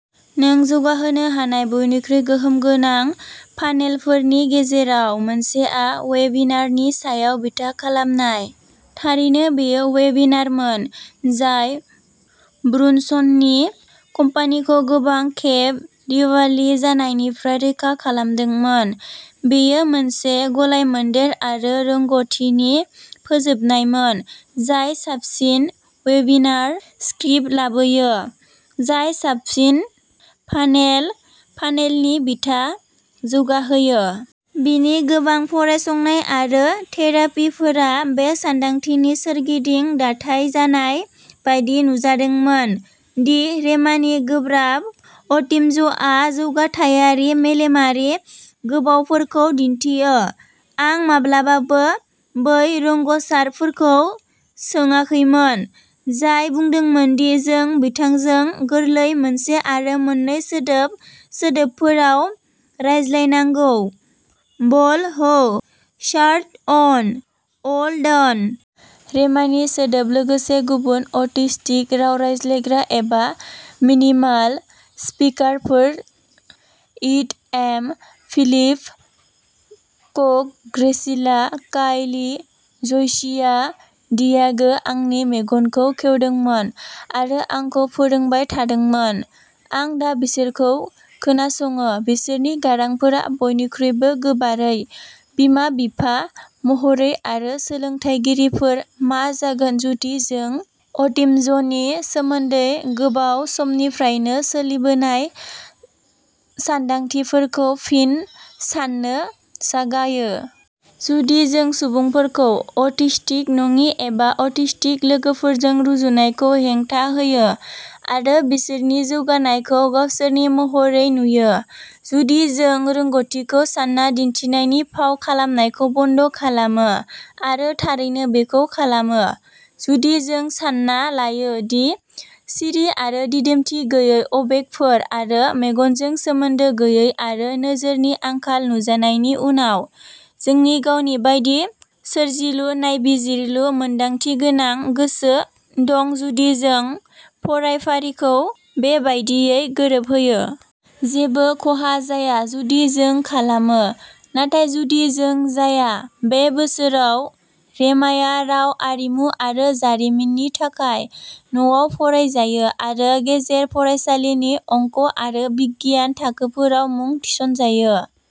नों जौगाहोनो हानाय बयनिख्रुइ गोहोम गोनां फान्नेलफोरनि गेजेराव मोनसेआ वेबिनारनि सायाव बिथा खालामनाय। थारैनो, बेयो वेबिनारमोन जाय ब्रुनसननि कम्पानिखौ गोबां खेब दिवालि जानायनिफ्राय रैखा खालामदोंमोन। बेयो मोनसे गलायमोनदेर आरो रोंग'थिनि फोजोबनायमोन जाय साबसिन वेबिनार स्क्रिप्ट लाबोयो, जाय साबसिन फान्नेल फानेलनि बिथा जौगाहोयो। बिनि गोबां फरायसंनाय आरो थेरापिफोरा बे सानदांथिनि सोरगिदिं दाथाइजानाय बायदि नुजादोंमोन दि रेमानि गोब्राब अटिज्मआ जौगाथायारि, मेलेमारि गोबावफोरखौ दिन्थियो। आं माब्लाबाबो बै रोंग'सारफोरखौ सोंयाखैमोन जाय बुंदोंमोन दि जों बिथांजों गोरलै मोनसे आरो मोननै सोदोब सोदोबफोराव रायज्लायनांगौः बल हो, शार्ट अन' "अल डन। रेमानि सोदोब लोगोसे गुबुन अटिस्टिक राव रायज्लायग्रा एबा मिनिमाल-स्पिकारफोर-इड', एमा, फिलिप, कक ', ग्रेसिला, कायली, ज'शिया, डियागो-आंनि मेगनखौ खेवदोंमोन आरो आंखौ फोरोंबाय थादोंमोन। आं दा बिसोरखौ खोनासंङो, बिसोरनि गारांफोरा बयनिख्रुइबो गोबारै। बिमा-बिफा महरै आरो सोलोंथायगिरिफोर, मा जागोन जुदि जों अटिज्मनि सोमोन्दै गोबाव समनिफ्रायनो सोलिबोनाय सान्दांथिफोरखौ फिन साननो जागायो? जुदि जों सुबुंफोरखौ अटिस्टिक नंङि एबा अटिस्टिक लोगोफोरजों रुजुनायखौ हेंथा होयो आरो बिसोरनि जौगानायखौ गावसोरनि महरै नुयो? जुदि जों रोंग'थिखौ सान्ना दिन्थिनायनि फाव खालामनायखौ बन्द'खालामो आरो थारैनो बेखौ खालामो? जुदि जों सान्ना लायो दि सिरि आरो दिदोमथि गैयै अबेगफोर आरो मेगनजों सोमोन्दो गैयै आरो नोजोरनि आंखाल नुजानायनि उनाव, जोंनि गावनि बायदि सोरजिलु, नायबिजिरलु, मोनदांथिगोनां गोसो दंजुदि जों फरायफारिखौ बे बायदियै गोरोबहोयो? जेबो खहा जाया जुदि जों खालामो। नाथाय जुदि जों जाया? बे बोसोराव रेमाया राव आरिमु आरो जारिमिननि थाखाय न'आव फरायजायो आरो गेजेर फरायसालिनि अंक आरो बिगियान थाखोफोराव मुं थिसनजायो।